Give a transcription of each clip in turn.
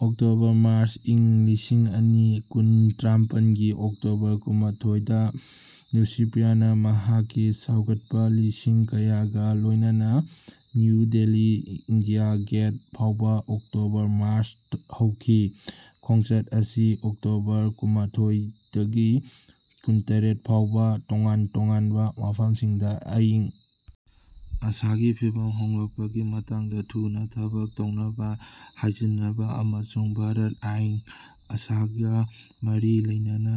October March ꯏꯪ ꯂꯤꯁꯤꯡ ꯑꯅꯤ ꯀꯨꯟ ꯇꯔꯥꯃꯥꯄꯜꯒꯤ ꯑꯣꯛꯇꯣꯕꯔ ꯀꯨꯟꯃꯊꯣꯏꯗ ꯂꯤꯁꯤꯄ꯭ꯔꯤꯌꯥꯅ ꯃꯍꯥꯛꯀꯤ ꯁꯧꯒꯠꯄ ꯂꯤꯁꯤꯡ ꯀꯌꯥꯒ ꯂꯣꯏꯅꯅ ꯅ꯭ꯌꯨ ꯗꯤꯜꯂꯤ ꯏꯟꯗꯤꯌꯥ ꯒꯦꯠ ꯐꯥꯎꯕ ꯑꯣꯛꯇꯣꯕꯔ ꯃꯥꯔꯆ ꯍꯧꯈꯤ꯫ ꯈꯣꯡꯆꯠ ꯑꯁꯤ ꯑꯣꯛꯇꯣꯕꯔ ꯀꯨꯟꯃꯊꯣꯏꯗꯒꯤ ꯀꯨꯟꯇꯔꯦꯠ ꯐꯥꯎꯕ ꯇꯣꯉꯥꯟ ꯇꯣꯉꯥꯟꯕ ꯃꯐꯝꯁꯤꯡꯗ ꯑꯏꯪ ꯑꯁꯥꯒꯤ ꯐꯤꯚꯝ ꯍꯣꯡꯂꯛꯄꯒꯤ ꯃꯇꯥꯡꯗ ꯊꯨꯅ ꯊꯕꯛ ꯇꯧꯅꯕ ꯍꯥꯏꯖꯅꯕ ꯑꯃꯁꯨꯡ ꯚꯥꯔꯠꯇ ꯑꯏꯪ ꯑꯁꯥꯒ ꯃꯔꯤ ꯂꯩꯅꯕ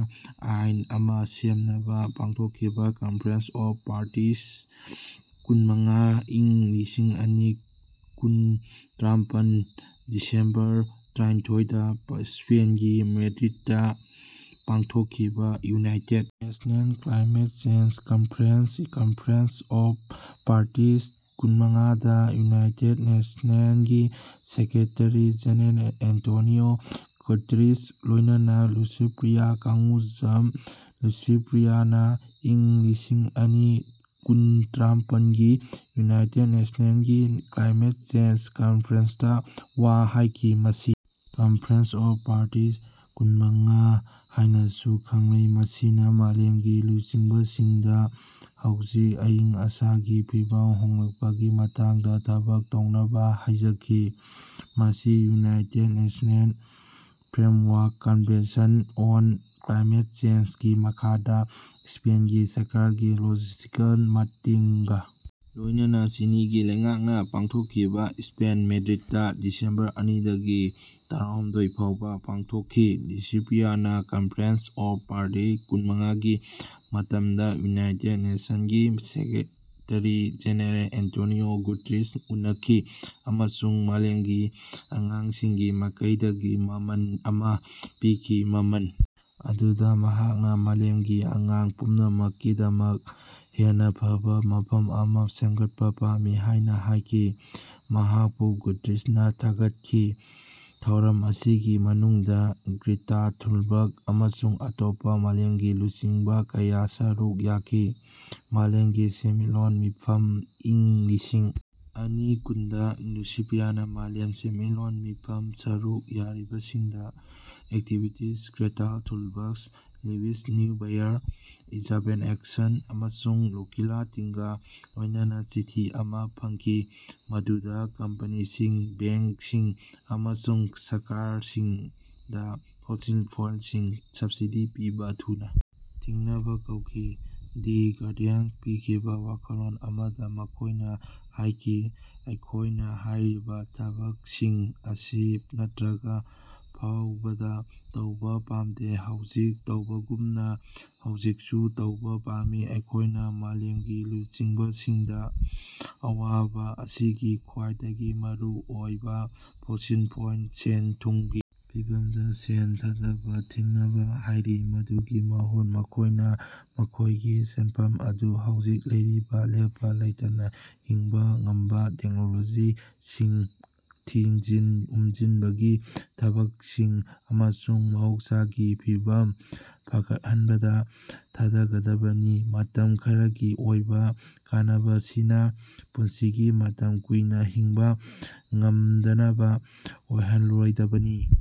ꯑꯥꯏꯟ ꯑꯃ ꯁꯦꯝꯅꯕ ꯄꯥꯡꯊꯣꯛꯈꯤ꯫ ꯀꯟꯐꯦꯔꯦꯟꯁ ꯑꯣꯐ ꯄꯥꯔꯇꯤꯁ ꯀꯨꯟꯃꯉꯥ ꯏꯪ ꯂꯤꯁꯤꯡ ꯑꯅꯤ ꯀꯨꯟ ꯇꯔꯥꯃꯥꯄꯜꯒꯤ ꯗꯤꯁꯦꯝꯕꯔ ꯇꯔꯥꯅꯤꯊꯣꯏꯗ ꯁ꯭ꯄꯦꯟꯒꯤ ꯃꯦꯗ꯭ꯔꯤꯗꯇ ꯄꯥꯡꯊꯣꯛꯈꯤꯕ United Nation climate change conference (conference of parties ꯀꯨꯟꯃꯉꯥ) ꯗꯥ ꯌꯨꯅꯥꯏꯇꯦꯗ ꯅꯦꯁꯟ ꯒꯤ ꯁꯦꯀ꯭ꯔꯦꯇꯔꯤ ꯖꯦꯅꯔꯦꯜ ꯑꯦꯟꯇꯣꯅꯤꯑꯣ ꯒꯨꯇꯦꯔꯦꯁ ꯂꯣꯏꯅꯅ ꯂꯤꯁꯤꯄ꯭ꯔꯤꯌꯥ ꯀꯡꯒꯨꯖꯥꯝ ꯂꯤꯁꯤꯄ꯭ꯔꯤꯌꯥꯅ ꯏꯪ ꯂꯤꯁꯤꯡ ꯑꯅꯤ ꯀꯨꯟ ꯇꯔꯥꯃꯥꯄꯜꯒꯤ ꯌꯨꯅꯥꯏꯇꯦꯗ ꯅꯦꯁꯟꯒꯤ ꯀ꯭ꯂꯥꯏꯃꯦꯠ ꯆꯦꯟꯖ ꯀꯟꯐꯔꯦꯟꯁꯇꯥ ꯋꯥ ꯍꯥꯏꯈꯤ ꯃꯁꯤ ꯀꯟꯐꯦꯔꯦꯟꯁ ꯑꯣꯐ ꯄꯥꯔꯇꯤꯁ ꯀꯨꯟ ꯃꯉꯥ ꯍꯥꯏꯅꯁꯨ ꯈꯪꯅꯩ, ꯃꯁꯤꯅ ꯃꯥꯂꯦꯝꯒꯤ ꯂꯨꯆꯤꯡꯕꯁꯤꯡꯗ ꯍꯧꯖꯤꯛ ꯑꯏꯪ ꯑꯁꯥꯒꯤ ꯐꯤꯚꯝ ꯍꯣꯡꯂꯛꯄꯒꯤ ꯃꯇꯥꯡꯗ ꯊꯕꯛ ꯇꯧꯅꯕ ꯍꯥꯏꯖꯈꯤ꯫ ꯃꯁꯤ (United Nations framework convention on climate change) ꯒꯤ ꯃꯈꯥꯗ ꯁ꯭ꯄꯦꯟꯒꯤ ꯁꯔꯀꯥꯔꯒꯤ ꯂꯣꯖꯤꯁ꯭ꯇꯤꯀꯦꯜ ꯃꯇꯦꯡꯒ ꯂꯣꯏꯅꯅ ꯆꯤꯅꯤꯒꯤ ꯂꯩꯉꯥꯛꯅ ꯄꯥꯡꯊꯣꯛꯈꯤꯕ ꯁ꯭ꯄꯦꯟ ꯃꯦꯗ꯭ꯔꯤꯗꯇ ꯗꯤꯁꯦꯝꯕꯔ ꯑꯅꯤꯗꯒꯤ ꯇꯔꯥꯍꯨꯝꯗꯣꯏ ꯐꯥꯎꯕ ꯄꯥꯡꯊꯣꯛꯈꯤ꯫ ꯂꯤꯁꯤꯄ꯭ꯔꯤꯌꯥꯅ ꯀꯟꯐꯔꯦꯟꯁ ꯑꯣꯐ ꯄꯥꯔꯇꯤꯁ ꯀꯨꯟꯃꯉꯥ ꯒꯤ ꯃꯇꯝꯗ ꯌꯨꯅꯥꯏꯇꯦꯗ ꯅꯦꯁꯟꯁ ꯒꯤ ꯁꯦꯀ꯭ꯔꯦꯇꯔꯤ-ꯖꯦꯅꯔꯦꯜ ꯑꯦꯟꯇꯣꯅꯤꯑꯣ ꯒꯨꯇꯦꯔꯦꯁ ꯎꯅꯈꯤ ꯑꯃꯁꯨꯡ ꯃꯥꯂꯦꯝꯒꯤ ꯑꯉꯥꯡꯁꯤꯡꯒꯤ ꯃꯥꯏꯀꯩꯗꯒꯤ ꯃꯃꯥꯟ ꯑꯃ ꯄꯤꯈꯤ꯫ ꯃꯃꯥꯟ ꯑꯗꯨꯗ ꯃꯍꯥꯛꯅ ꯃꯥꯂꯦꯝꯒꯤ ꯑꯉꯥꯡ ꯄꯨꯝꯅꯃꯛꯀꯤꯗꯃꯛ ꯍꯦꯟꯅ ꯐꯕ ꯃꯐꯝ ꯑꯃ ꯁꯦꯝꯒꯠꯄ ꯄꯥꯝꯃꯤ ꯍꯥꯏꯅ ꯍꯥꯏꯈꯤ꯫ ꯃꯍꯥꯛꯄꯨ ꯒꯨꯇꯦꯔꯦꯁꯅ ꯊꯥꯒꯠꯈꯤ꯫ ꯊꯧꯔꯝ ꯑꯁꯤꯒꯤ ꯃꯅꯨꯡꯗ ꯒ꯭ꯔꯦꯇꯥ ꯊꯟꯕꯔ꯭ꯒ ꯑꯃꯁꯨꯡ ꯑꯇꯣꯞꯄ ꯃꯥꯂꯦꯝꯒꯤ ꯂꯨꯆꯤꯡꯕ ꯀꯌꯥꯅ ꯁꯔꯨꯛ ꯌꯥꯈꯤ꯫ ꯃꯥꯂꯦꯝꯒꯤ ꯁꯦꯟꯃꯤꯠꯂꯣꯟ ꯃꯤꯐꯝ ꯏꯪ ꯂꯤꯁꯤꯡ ꯑꯅꯤ ꯀꯨꯟ ꯗꯥ ꯂꯤꯁꯤꯄ꯭ꯔꯤꯌꯥꯅ ꯃꯥꯂꯦꯝ ꯁꯦꯟꯃꯤꯠꯂꯣꯟ ꯃꯤꯐꯝ ꯁꯔꯨꯛ ꯌꯥꯔꯤꯕꯁꯤꯡꯗ activists Greta Thunberg, Luisa Neubauer, Isabelle Axelsson, ꯑꯃꯁꯨꯡ ꯂꯣꯀꯤꯅꯥ ꯇꯤꯜꯒ ꯂꯣꯏꯅꯅꯥ ꯆꯤꯊꯤ ꯑꯃꯥ ꯐꯣꯡꯈꯤ, ꯃꯗꯨꯗ ꯀꯝꯄꯅꯤꯁꯤꯡ, ꯕꯦꯡꯛꯁꯤꯡ ꯑꯃꯁꯨꯡ ꯁꯔꯀꯥꯔꯁꯤꯡꯗ ꯐꯣꯁꯤꯜ ꯐ꯭ꯌꯨꯜꯁꯤꯡꯗ ꯁꯕꯁꯤꯗꯤ ꯄꯤꯕ ꯊꯨꯅ ꯊꯤꯡꯅꯕ ꯀꯧꯈꯤ꯫ ꯗꯤ ꯒꯥꯔꯗꯤꯌꯟ ꯄꯤꯈꯤꯕ ꯋꯥꯈꯜꯂꯣꯟ ꯑꯃꯗ ꯃꯈꯣꯏꯅ ꯍꯥꯏꯈꯤ ꯑꯩꯈꯣꯏꯅ ꯍꯥꯏꯔꯤꯕ ꯊꯕꯛꯁꯤꯡ ꯑꯁꯤ ꯅꯠꯇ꯭ꯔꯒ ꯐꯥꯎꯕꯗ ꯇꯧꯕ ꯄꯥꯝꯗꯦ ꯍꯧꯖꯤꯛ ꯇꯧꯕꯒꯨꯝꯅ ꯍꯧꯖꯤꯛꯁꯨ ꯇꯧꯕ ꯄꯥꯝꯃꯤ꯫ ꯑꯩꯈꯣꯏꯅ ꯃꯥꯂꯦꯝꯒꯤ ꯂꯨꯆꯤꯡꯕꯁꯤꯡꯗ ꯑꯋꯥꯕ ꯑꯁꯤꯒꯤ ꯈ꯭ꯋꯥꯏꯗꯒꯤ ꯃꯔꯨ ꯑꯣꯏꯕ ꯐꯣꯁꯤꯜ ꯐ꯭ꯌꯨꯜ ꯁꯦꯜ-ꯊꯨꯝꯒꯤ ꯐꯤꯕꯝꯗ ꯁꯦꯜ ꯊꯥꯗꯕ ꯊꯤꯡꯅꯕ ꯍꯥꯏꯔꯤ꯫ ꯃꯗꯨꯒꯤ ꯃꯍꯨꯠꯇ, ꯃꯈꯣꯏꯅ ꯃꯈꯣꯏꯒꯤ ꯁꯦꯟꯐꯝ ꯑꯗꯨ ꯍꯧꯖꯤꯛ ꯂꯩꯔꯤꯕ ꯂꯦꯞꯄ ꯂꯩꯇꯅ ꯍꯤꯡꯕ ꯉꯝꯕ ꯇꯦꯛꯅꯣꯂꯣꯖꯤꯁꯤꯡ, ꯊꯤꯖꯤꯟ-ꯍꯨꯝꯖꯤꯟꯕꯒꯤ ꯊꯕꯛꯁꯤꯡ ꯑꯃꯁꯨꯡ ꯃꯍꯧꯁꯥꯒꯤ ꯐꯤꯕꯝ ꯐꯒꯠꯍꯟꯕꯗ ꯊꯥꯗꯒꯗꯕꯅꯤ꯫ ꯃꯇꯝ ꯈꯔꯒꯤ ꯑꯣꯏꯕ ꯀꯥꯟꯅꯕꯁꯤꯅ ꯄꯨꯟꯁꯤꯒꯤ ꯃꯇꯝ ꯀꯨꯏꯅ ꯍꯤꯡꯕ ꯉꯝꯗꯅꯕ ꯑꯣꯏꯍꯟꯔꯣꯏꯗꯕꯅꯤ꯫